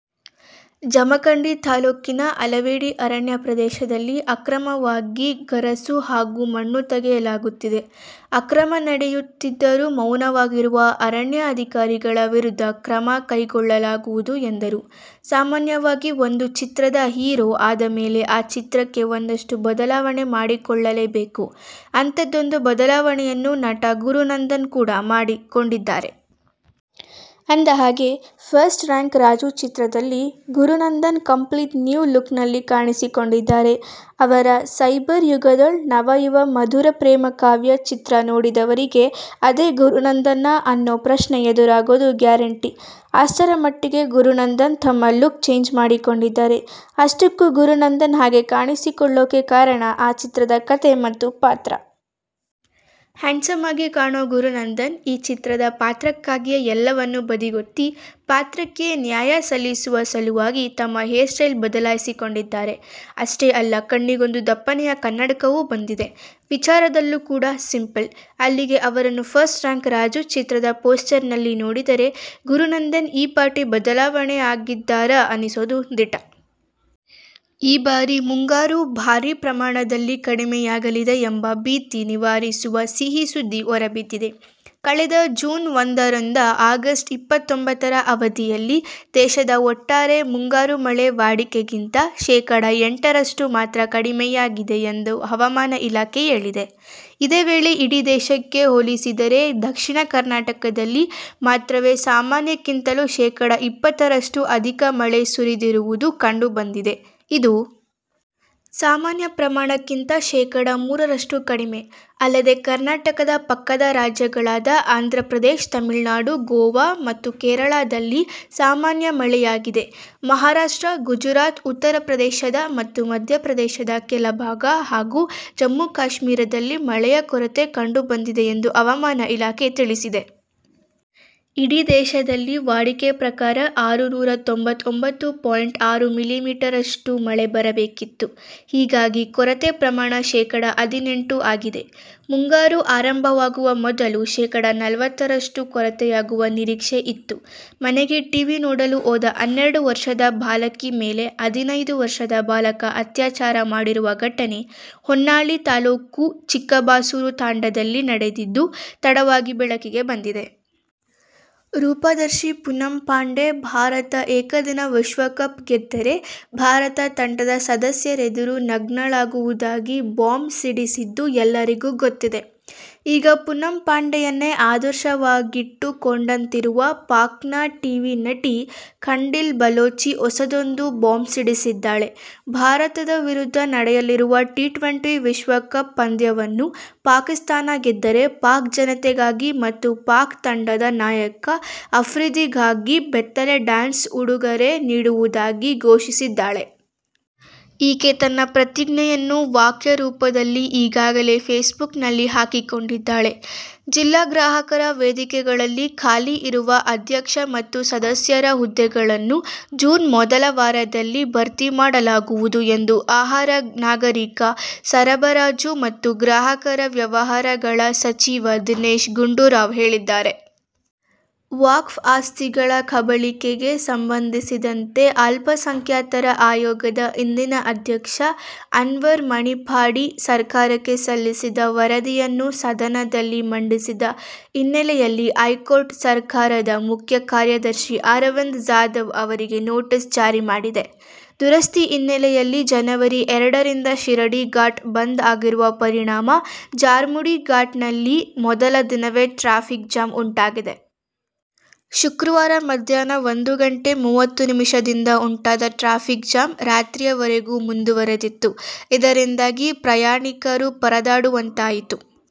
ಜಮಖಂಡಿ ತಾಲೂಕಿನ ಹಲವೆಡೆ ಅರಣ್ಯ ಪ್ರದೇಶದಲ್ಲಿ ಅಕ್ರಮವಾಗಿ ಗರಸು ಹಾಗೂ ಮಣ್ಣು ತೆಗೆಯಲಾಗುತ್ತಿದೆ. ಅಕ್ರಮ ನಡೆಯುತ್ತಿದ್ದರೂ ಮೌನವಾಗಿರುವ ಅರಣ್ಯಾಧಿಕಾರಿಗಳ ವಿರುದ್ಧ ಕ್ರಮ ಕೈಗೊಳ್ಳಲಾಗುವುದು ಎಂದರು. ಸಾಮಾನ್ಯವಾಗಿ ಒಂದು ಚಿತ್ರದ ಹೀರೋ ಅಂದಮೇಲೆ ಆ ಚಿತ್ರಕ್ಕೆ ಒಂದಷ್ಟು ಬದಲಾವಣೆ ಮಾಡಿಕೊಳ್ಳಲೇಬೇಕು. ಅಂಥದ್ದೊಂದು ಬದಲಾವಣೆಯನ್ನು ನಟ ಗುರುನಂದನ್ ಕೂಡ ಮಾಡಿಕೊಂಡಿದ್ದಾರೆ. ಅಂದಹಾಗೆ, "ಫಸ್ಟ್ ರ್ಯಾಂಕ್ ರಾಜು' ಚಿತ್ರದಲ್ಲಿ ಗುರುನಂದನ್ ಕಂಪ್ಲೀಟ್ ನ್ಯೂ ಲುಕ್ನಲ್ಲಿ ಕಾಣಿಸಿಕೊಂಡಿದ್ದಾರೆ. ಅವರ "ಸೈಬರ್ ಯುಗದೊಳ್ ನವಯುವ ಮಧುರ ಪ್ರೇಮ ಕಾವ್ಯ' ಚಿತ್ರ ನೋಡಿದವರಿಗೆ ಅದೇ ಗುರುನಂದನಾ ಅನ್ನೋ ಪ್ರಶ್ನೆ ಎದುರಾಗೋದು ಗ್ಯಾರಂಟಿ. ಅಷ್ಟರಮಟ್ಟಿಗೆ ಗುರುನಂದನ್ ತಮ್ಮ ಲುಕ್ ಚೇಂಜ್ ಮಾಡಿಕೊಂಡಿದ್ದಾರೆ. ಅಷ್ಟಕ್ಕೂ ಗುರುನಂದನ್ ಹಾಗೆ ಕಾಣಿಸಿಕೊಳ್ಳೋಕೆ ಕಾರಣ, ಆ ಚಿತ್ರದ ಕಥೆ ಮತ್ತು ಪಾತ್ರ. ಹ್ಯಾಂಡ್ಸಮ್ ಆಗಿ ಕಾಣೋ ಗುರುನಂದನ್, ಈ ಚಿತ್ರದ ಪಾತ್ರಕ್ಕಾಗಿಯೇ ಎಲ್ಲವನ್ನೂ ಬದಿಗೊತ್ತಿ, ಪಾತ್ರಕ್ಕೆ ನ್ಯಾಯ ಸಲ್ಲಿಸುವ ಸಲುವಾಗಿ, ತಮ್ಮ ಹೇರ್ಸ್ಟೈಲ್ ಬದಲಿಸಿಕೊಂಡಿದ್ದಾರೆ. ಅಷ್ಟೇ ಅಲ್ಲ, ಕಣ್ಣಿಗೊಂದು ದಪ್ಪನೆಯ ಕನ್ನಡಕವೂ ಬಂದಿದೆ. ವಿಚಾರದಲ್ಲೂ ಕೂಡ ಸಿಂಪಲ್. ಅಲ್ಲಿಗೆ ಅವರನ್ನು "ಫಸ್ಟ್ರ್ಯಾಂಕ್ ರಾಜು' ಚಿತ್ರದ ಪೋಸ್ಟರ್ನಲ್ಲಿ ನೋಡಿದರೆ, ಗುರುನಂದನ್ ಈ ಪಾಟಿ ಬದಲಾವಣೆಗೊಂಡಿದ್ದಾರಾ ಅನ್ನಿಸೋದು ದಿಟ. ಈ ಬಾರಿ ಮುಂಗಾರು ಭಾರೀ ಪ್ರಮಾಣದಲ್ಲಿ ಕಡಿಮೆಯಾಗಲಿದೆ ಎಂಬ ಭೀತಿ ನಿವಾರಿಸುವ ಸಿಹಿ ಸುದ್ದಿ ಹೊರಬಿದ್ದಿದೆ. ಕಳೆದ ಜೂನ್ ಒಂದ ರಿಂದ ಆಗಸ್ಟ್ ಇಪ್ಪತ್ತೊಂಬತ್ತರ ಅವಧಿಯಲ್ಲಿ ದೇಶದಲ್ಲಿ ಒಟ್ಟಾರೆ ಮುಂಗಾರು ಮಳೆ ವಾಡಿಕೆಗಿಂತ ಶೇಖಡ ಎಂಟರಷ್ಟು ಮಾತ್ರ ಕಡಿಮೆಯಾಗಿದೆ ಎಂದು ಹವಾಮಾನ ಇಲಾಖೆ ಹೇಳಿದೆ. ಇದೇ ವೇಳೆ ಇಡೀ ದೇಶಕ್ಕೆ ಹೋಲಿಸಿದರೆ, ದಕ್ಷಿಣ ಕರ್ನಾಟಕದಲ್ಲಿ ಮಾತ್ರವೇ ಸಾಮಾನ್ಯಕ್ಕಿಂತಲೂ ಶೇಖಡ ಇಪ್ಪತ್ತರಷ್ಟು ಅಧಿಕ ಮಳೆ ಸುರಿದಿರುವುದು ಕಂಡುಬಂದಿದೆ. ಇದು ಸಾಮಾನ್ಯ ಪ್ರಮಾಣಕ್ಕಿಂತ ಶೇಖಡ ಮೂರರಷ್ಟು ಕಡಿಮೆ. ಅಲ್ಲದೆ, ಕರ್ನಾಟಕದ ಪಕ್ಕದ ರಾಜ್ಯಗಳಾದ ಆಂಧ್ರಪ್ರದೇಶ, ತಮಿಳುನಾಡು, ಗೋವಾ ಮತ್ತು ಕೇರಳದಲ್ಲಿ ಸಾಮಾನ್ಯ ಮಳೆಯಾಗಿದೆ. ಮಹಾ ರಾಷ್ಟ್ರ, ಗುಜರಾತ್, ಉತ್ತರ ಪ್ರದೇಶದ ಮತ್ತು ಮಧ್ಯ ಪ್ರದೇಶದ ಕೆಲ ಭಾಗ, ಹಾಗೂ ಜಮ್ಮು ಕಾಶ್ಮೀರದಲ್ಲಿ ಮಳೆಯ ಕೊರತೆ ಕಂಡು ಬಂದಿದೆ ಎಂದು ಹವಾಮಾನ ಇಲಾಖೆ ತಿಳಿಸಿದೆ. ಇಡೀ ದೇಶದಲ್ಲಿ ವಾಡಿಕೆ ಪ್ರಕಾರ ಆರುನೂರ ತೊಂಬತ್ತೊಂಬತ್ತು ಪಾಯಿಂಟ್ ಆರು ಮಿಲಿ ಮೀಟರ್ನಷ್ಟು ಮಳೆ ಬರಬೇಕಿತ್ತು. ಹೀಗಾಗಿ ಕೊರತೆ ಪ್ರಮಾಣ ಶೇಖಡ ಹದಿನೆಂಟು ಆಗಿದೆ. ಮುಂಗಾರು ಆರಂಭವಾಗುವ ಮೊದಲು ಶೇಖಡ ನಲವತ್ತರಷ್ಟು ಕೊರತೆಯಾಗುವ ನಿರೀಕ್ಷೆ ಇತ್ತು. ಮನೆಗೆ ಟೀವಿ ನೋಡಲು ಹೋದ ಹನ್ನೆರಡು ವರ್ಷದ ಬಾಲಕಿ ಮೇಲೆ ಹದಿನೈದು ವರ್ಷದ ಬಾಲಕ ಅತ್ಯಾಚಾರ ಮಾಡಿರುವ ಘಟನೆ ಹೊನ್ನಾಳಿ ತಾಲೂಕು ಚಿಕ್ಕಬಾಸೂರು ತಾಂಡಾದಲ್ಲಿ ನಡೆದಿದ್ದು, ತಡವಾಗಿ ಬೆಳಕಿಗೆ ಬಂದಿದೆ. ರೂಪದರ್ಶಿ ಪೂನಂ ಪಾಂಡೆ ಭಾರತ ಏಕದಿನ ವಿಶ್ವಕಪ್ ಗೆದ್ದರೆ ಭಾರತ ತಂಡದ ಸದಸ್ಯರೆದುರು ನಗ್ನಳಾಗುವುದಾಗಿ ಬಾಂಬ್ ಸಿಡಿಸಿದ್ದು ಎಲ್ಲರಿಗೂ ಗೊತ್ತಿದೆ. ಈಗ ಪೂನಂ ಪಾಂಡೆಯನ್ನೇ ಆದರ್ಶವಾಗಿಟ್ಟು ಕೊಂಡಂತಿರುವ ಪಾಕ್ನ ಟೀವಿ ನಟಿ ಖಂಡೀಲ್ ಬಲೂಚ್ ಹೊಸದೊಂದು ಬಾಂಬ್ ಸಿಡಿಸಿದ್ದಾಳೆ. ಭಾರತದ ವಿರುದ್ಧ ನಡೆಯಲಿರುವ ಟಿ-ಟ್ವೆಂಟಿ ವಿಶ್ವಕಪ್ ಪಂದ್ಯವನ್ನು ಪಾಕಿಸ್ತಾನ ಗೆದ್ದರೆ ಪಾಕ್ ಜನತೆಗಾಗಿ ಮತ್ತು ಪಾಕ್ ತಂಡದ ನಾಯಕ ಅಫ್ರಿದಿಗಾಗಿ ಬೆತ್ತಲೆ ಡ್ಯಾನ್ಸ್ನ ಉಡುಗೊರೆ ನೀಡುವುದಾಗಿ ಘೋಷಿಸಿದ್ದಾಳೆ. ಈಕೆ ತನ್ನ ಪ್ರತಿಜ್ಞೆಯನ್ನು ವಾಕ್ಯ ರೂಪದಲ್ಲಿ ಈಗಾಗಲೇ ಫೇಸ್ಬುಕ್ನಲ್ಲಿ ಹಾಕಿಕೊಂಡಿದ್ದಾಳೆ. ಜಿಲ್ಲಾ ಗ್ರಾಹಕರ ವೇದಿಕೆಗಳಲ್ಲಿ ಖಾಲಿ ಇರುವ ಅಧ್ಯಕ್ಷ ಮತ್ತು ಸದಸ್ಯರ ಹುದ್ದೆಗಳನ್ನು ಜೂನ್ ಮೊದಲ ವಾರದಲ್ಲಿ ಭರ್ತಿ ಮಾಡಲಾಗುವುದು ಎಂದು ಆಹಾರ, ನಾಗರೀಕ ಸರಬರಾಜು ಮತ್ತು ಗ್ರಾಹಕರ ವ್ಯವಹಾರಗಳ ಸಚಿವ ದಿನೇಶ್ ಗುಂಡೂರಾವ್ ಹೇಳಿದ್ದಾರೆ. ವಕ್ಫ್ ಆಸ್ತಿಗಳ ಕಬಳಿಕೆಗೆ ಸಂಬಂಧಿಸಿದಂತೆ ಅಲ್ಪಸಂಖ್ಯಾತರ ಆಯೋಗದ ಹಿಂದಿನ ಅಧ್ಯಕ್ಷ ಅನ್ವರ್ ಮಾಣಿಪ್ಪಾಡಿ ಸರ್ಕಾರಕ್ಕೆ ಸಲ್ಲಿಸಿದ್ದ ವರದಿಯನ್ನು ಸದನದಲ್ಲಿ ಮಂಡಿಸದ ಹಿನ್ನೆಲೆಯಲ್ಲಿ ಹೈಕೋರ್ಟ್ ಸರ್ಕಾರದ ಮುಖ್ಯ ಕಾರ್ಯದರ್ಶಿ ಅರವಿಂದ್ ಜಾಧವ್ ಅವರಿಗೆ ನೋಟಿಸ್ ಜಾರಿ ಮಾಡಿದೆ. ದುರಸ್ತಿ ಹಿನ್ನೆಲೆಯಲ್ಲಿ ಜನವರಿ ಎರಡರಿಂದ ಶಿರಾಡಿ ಘಾಟ್ ಬಂದ್ ಆಗಿರುವ ಪರಿಣಾಮ ಚಾರ್ಮಾಡಿ ಘಾಟ್ನಲ್ಲಿ ಮೊದಲ ದಿನವೇ ಟ್ರಾಫಿಕ್ ಜಾಮ್ ಉಂಟಾಗಿದೆ. ಶುಕ್ರವಾರ ಮಧ್ಯಾಹ್ನ ಒಂದು ಗಂಟೆ ಮೂವತ್ತು ನಿಮಿಷದಿಂದ ಉಂಟಾದ ಟ್ರಾಫಿಕ್ ಜಾಮ್, ರಾತ್ರಿವರೆಗೂ ಮುಂದುವರಿದಿತ್ತು. ಇದರಿಂದಾಗಿ ಪ್ರಯಾಣಿಕರು ಪರದಾಡುವಂತಾಯಿತು.